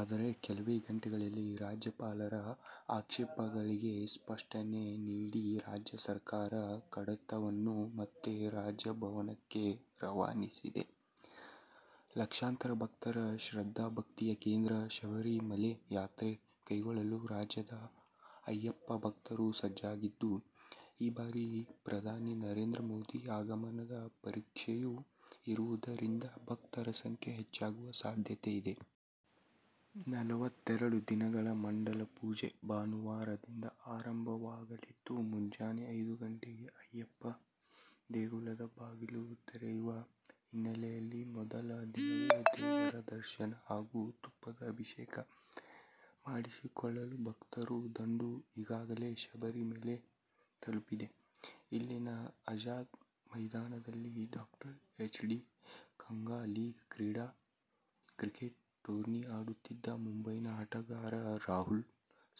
ಆದರೆ, ಕೆಲವೇ ಗಂಟೆಗಳಲ್ಲಿ ರಾಜ್ಯಪಾಲರ ಆಕ್ಷೇಪಗಳಿಗೆ ಸ್ಪಷ್ಟನೆ ನೀಡಿ ರಾಜ್ಯ ಸರ್ಕಾರ ಕಡತವನ್ನು ಮತ್ತೆ ರಾಜಭವನಕ್ಕೆ ರವಾನಿಸಿದೆ. ಲಕ್ಷಾಂತರ ಭಕ್ತರ ಶ್ರದ್ಧಾ-ಭಕ್ತಿಯ ಕೇಂದ್ರ ಶಬರಿಮಲೆ ಯಾತ್ರೆ ಕೈಗೊಳ್ಳಲು ರಾಜ್ಯದ ಅಯ್ಯಪ್ಪ ಭಕ್ತರು ಸಜ್ಜಾಗಿದ್ದು, ಈ ಬಾರಿ ಪ್ರಧಾನಿ ನರೇಂದ್ರ ಮೋದಿ ಆಗಮನದ ನಿರೀಕ್ಷೆಯೂ ಇರುವುದರಿಂದ ಭಕ್ತರ ಸಂಖ್ಯೆ ಹೆಚ್ಚಾಗುವ ಸಾಧ್ಯತೆಯಿದೆ. ನಲವತ್ತೆರಡು ದಿನಗಳ ಮಂಡಲಪೂಜೆ ಭಾನುವಾರದಿಂದ ಆರಂಭವಾಗಲಿದ್ದು, ಮುಂಜಾನೆ ಐದು ಗಂಟೆಗೆ ಅಯ್ಯಪ್ಪ ದೇಗುಲದ ಬಾಗಿಲು ತೆರೆಯುವ ಹಿನ್ನೆಲೆಯಲ್ಲಿ ಮೊದಲ ದಿನವೇ ದೇವರ ದರ್ಶನ ಹಾಗೂ ತುಪ್ಪದ ಅಭಿಷೇಕ ಮಾಡಿಸಿಕೊಳ್ಳಲು ಭಕ್ತರ ದಂಡು ಈಗಾಗಲೇ ಶಬರಿಮಲೆ ತಲುಪಿದೆ. ಇಲ್ಲಿನ ಅಜಾದ್ ಮೈದಾನದಲ್ಲಿ ಡಾ. H. D Kanga league cricket tourney ಆಡುತ್ತಿದ್ದ ಮುಂಬೈನ ಆಟಗಾರ ರಾಹುಲ್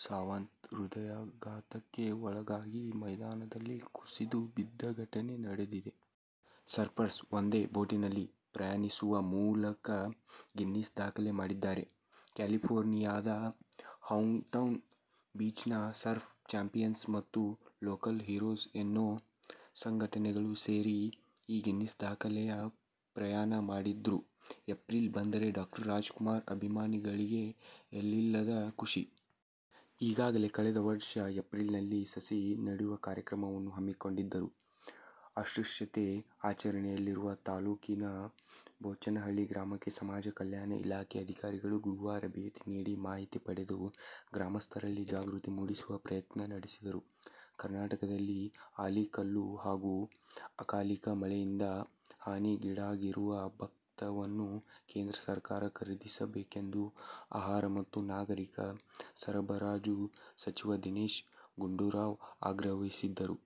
ಸಾವಂತ್ ಹೃದಯಾಘಾತಕ್ಕೆ ಒಳಗಾಗಿ ಮೈದಾನದಲ್ಲಿ ಕುಸಿದು ಬಿದ್ದ ಘಟನೆ ನಡೆದಿದೆ. ಸರ್ಫರ್ಸ್ ಒಂದೇ ಬೋಟಿನಲ್ಲಿ ಪ್ರಯಾಣಿಸುವ ಮೂಲಕ ಗಿನ್ನೀಸ್ ದಾಖಲೆ ಮಾಡಿದ್ದಾರೆ. ಕ್ಯಾಲಿಫೋರ್ನಿಯಾದ ಹೌಂಗ್ ಟೌನ್ ಬೀಚ್ ನ ಸರ್ಫ್ ಚಾಂಪಿಯನ್ಸ್ ಮತ್ತು ಲೋಕಲ್ ಹೀರೋಸ್ ಎನ್ನೋ ಸಂಘಟನೆಗಳು ಸೇರಿ ಈ ಗಿನ್ನೇಸ್ ದಾಖಲೆಯ ಪ್ರಯಾಣ ಮಾಡಿದ್ರು. ಏಪ್ರಿಲ್ ಬಂದರೆ ಡಾ. ರಾಜಕುಮಾರ್ ಅಭಿಮಾನಿಗಳಿಗೆ ಎಲ್ಲಿಲ್ಲದ ಖುಷಿ. ಈಗಾಗಲೇ ಕಳೆದ ವರ್ಷ ಏಪ್ರಿಲ್ ನಲ್ಲಿ ಸಸಿ ನೆಡುವ ಕಾರ್ಯಕ್ರಮವನ್ನು ಹಮ್ಮಿಕೊಂಡಿದ್ದರು. ಅಸ್ಪೃಶ್ಯತೆ ಆಚರಣೆಯಲ್ಲಿರುವ ತಾಲೂಕಿನ ಬೋಚನಹಳ್ಳಿ ಗ್ರಾಮಕ್ಕೆ ಸಮಾಜ ಕಲ್ಯಾಣ ಇಲಾಖೆ ಅಧಿಕಾರಿಗಳು ಗುರುವಾರ ಭೇಟಿ ನೀಡಿ ಮಾಹಿತಿ ಪಡೆದು, ಗ್ರಾಮಸ್ಥರಲ್ಲಿ ಜಾಗೃತಿ ಮೂಡಿಸುವ ಪ್ರಯತ್ನ ನಡೆಸಿದರು. ಕರ್ನಾಟಕದಲ್ಲಿ ಆಲಿಕಲ್ಲು ಹಾಗೂ ಅಕಾಲಿಕ ಮಳೆಯಿಂದ ಹಾನಿಗೀಡಾಗಿರುವ ಭತ್ತವನ್ನು ಕೇಂದ್ರ ಸರ್ಕಾರ ಖರೀದಿಸಬೇಕೆಂದು ಆಹಾರ ಮತ್ತು ನಾಗರಿಕ ಸರಬರಾಜು ಸಚಿವ ದಿನೇಶ್ ಗುಂಡೂರಾವ್ ಆಗ್ರಹಿಸಿದ್ದಾರೆ.